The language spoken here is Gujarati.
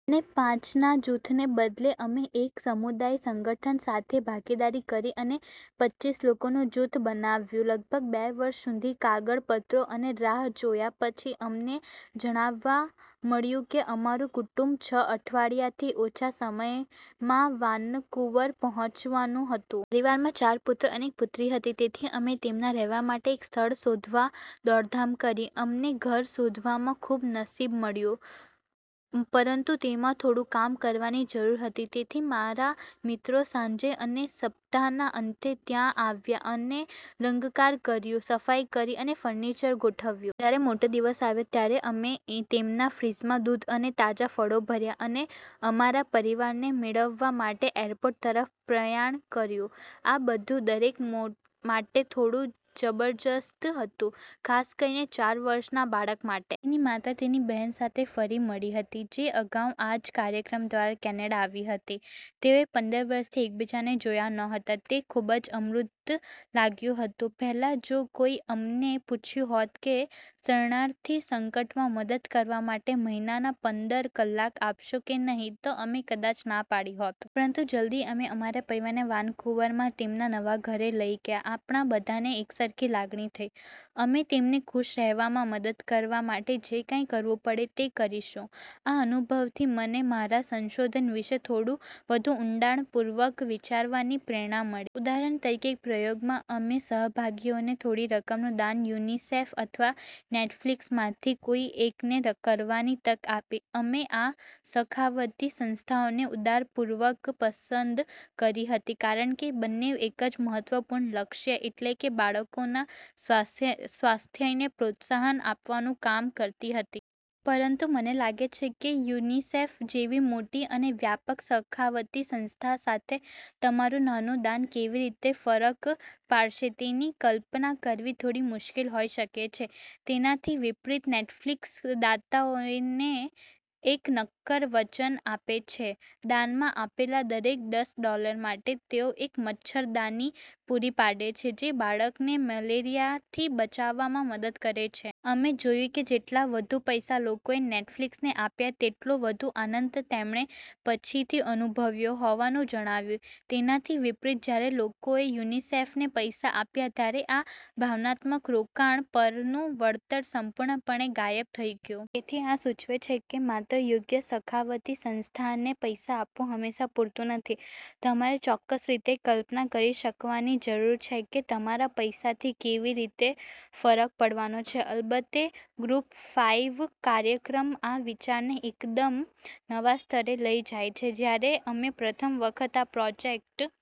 અને પાંચના જૂથને બદલે, અમે એક સમુદાય સંગઠન સાથે ભાગીદારી કરી અને પચીસ લોકોનું જૂથ બનાવ્યું. લગભગ બે વર્ષ સુધી કાગળપત્રો અને રાહ જોયા પછી, અમને જાણવા મળ્યું કે અમારું કુટુંબ છ અઠવાડિયાથી ઓછા સમયમાં વાનકુવર પહોંચવાનું હતું. પરિવારમાં ચાર પુત્રો અને એક પુત્રી હતી. તેથી અમે તેમના રહેવા માટે એક સ્થળ શોધવા દોડધામ કરી. અમને ઘર શોધવામાં ખૂબ નસીબ મળ્યું, પરંતુ તેમાં થોડું કામ કરવાની જરૂર હતી. તેથી મારા મિત્રો સાંજે અને સપ્તાહના અંતે ત્યાં આવ્યા અને રંગકામ કર્યું, સફાઈ કરી અને ફર્નિચર ગોઠવ્યું. જ્યારે મોટો દિવસ આવ્યો, ત્યારે અમે તેમના ફ્રિજમાં દૂધ અને તાજાં ફળો ભર્યાં અને અમારા પરિવારને મળવા માટે એરપોર્ટ તરફ પ્રયાણ કર્યું. આ બધું દરેક માટે થોડું જબરજસ્ત હતું, ખાસ કરીને ચાર વર્ષના બાળક માટે. તેની માતા તેની બહેન સાથે ફરી મળી હતી, જે અગાઉ આ જ કાર્યક્રમ દ્વારા કેનેડા આવી હતી. તેઓએ પંદર વર્ષથી એકબીજાને જોયા નહોતા. તે ખૂબ જ અમૂર્ત લાગતું હતું. પહેલાં, જો કોઈએ અમને પૂછ્યું હોત કે શરણાર્થી સંકટમાં મદદ કરવા માટે મહિનામાં પંદર કલાક આપશો કે નહીં, તો અમે કદાચ ના પાડી હોત. પરંતુ જલદી અમે અમારા પરિવારને વાનકુવરમાં તેમના નવા ઘરે લઈ ગયા, આપણા બધાને એકસરખી લાગણી થઈ: અમે તેમને ખુશ રહેવામાં મદદ કરવા માટે જે કંઈ કરવું પડે તે કરીશું. આ અનુભવથી મને મારા સંશોધન વિશે થોડું વધુ ઊંડાણપૂર્વક વિચારવાની પ્રેરણા મળી. ઉદાહરણ તરીકે, એક પ્રયોગમાં અમે સહભાગીઓને થોડી રકમનું દાન યુનિસેફ અથવા નેટફ્લિક્સમાંથી કોઈ એકને કરવાની તક આપી. અમે આ સખાવતી સંસ્થાઓને ઇરાદાપૂર્વક પસંદ કરી હતી, કારણ કે બંને એક જ મહત્વપૂર્ણ લક્ષ્ય, એટલે કે બાળકોના સ્વાસ્થ્યને પ્રોત્સાહન આપવાનું કામ કરતી હતી. પરંતુ મને લાગે છે કે યુનિસેફ જેવી મોટી અને વ્યાપક સખાવતી સંસ્થા સાથે, તમારું નાનું દાન કેવી રીતે ફરક પાડશે તેની કલ્પના કરવી થોડી મુશ્કેલ હોઈ શકે છે. તેનાથી વિપરીત, નેટફ્લિક્સ દાતાઓને એક નક્કર વચન આપે છે: દાનમાં આપેલા દરેક દસ ડોલર માટે તેઓ એક મચ્છરદાની પૂરી પાડે છે, જે બાળકને મેલેરિયાથી બચાવવામાં મદદ કરે છે. અમે જોયું કે જેટલા વધુ પૈસા લોકોએ નેટફ્લિક્સને આપ્યા, તેટલો વધુ આનંદ તેમણે પછીથી અનુભવ્યો હોવાનું જણાવ્યું. તેનાથી વિપરીત, જ્યારે લોકોએ યુનિસેફને પૈસા આપ્યા ત્યારે આ ભાવનાત્મક રોકાણ પરનું વળતર સંપૂર્ણપણે ગાયબ થઈ ગયું. તેથી આ સૂચવે છે કે માત્ર યોગ્ય સખાવતી સંસ્થાને પૈસા આપવું હંમેશાં પૂરતું નથી. તમારે ચોક્કસ રીતે કલ્પના કરી શકવાની જરૂર છે કે તમારા પૈસાથી કેવી રીતે ફરક પડવાનો છે. અલબત્ત, ગ્રુપ ફાઇવ કાર્યક્રમ આ વિચારને એકદમ નવા સ્તરે લઈ જાય છે. જ્યારે અમે પ્રથમ વખત આ પ્રોજેક્ટ...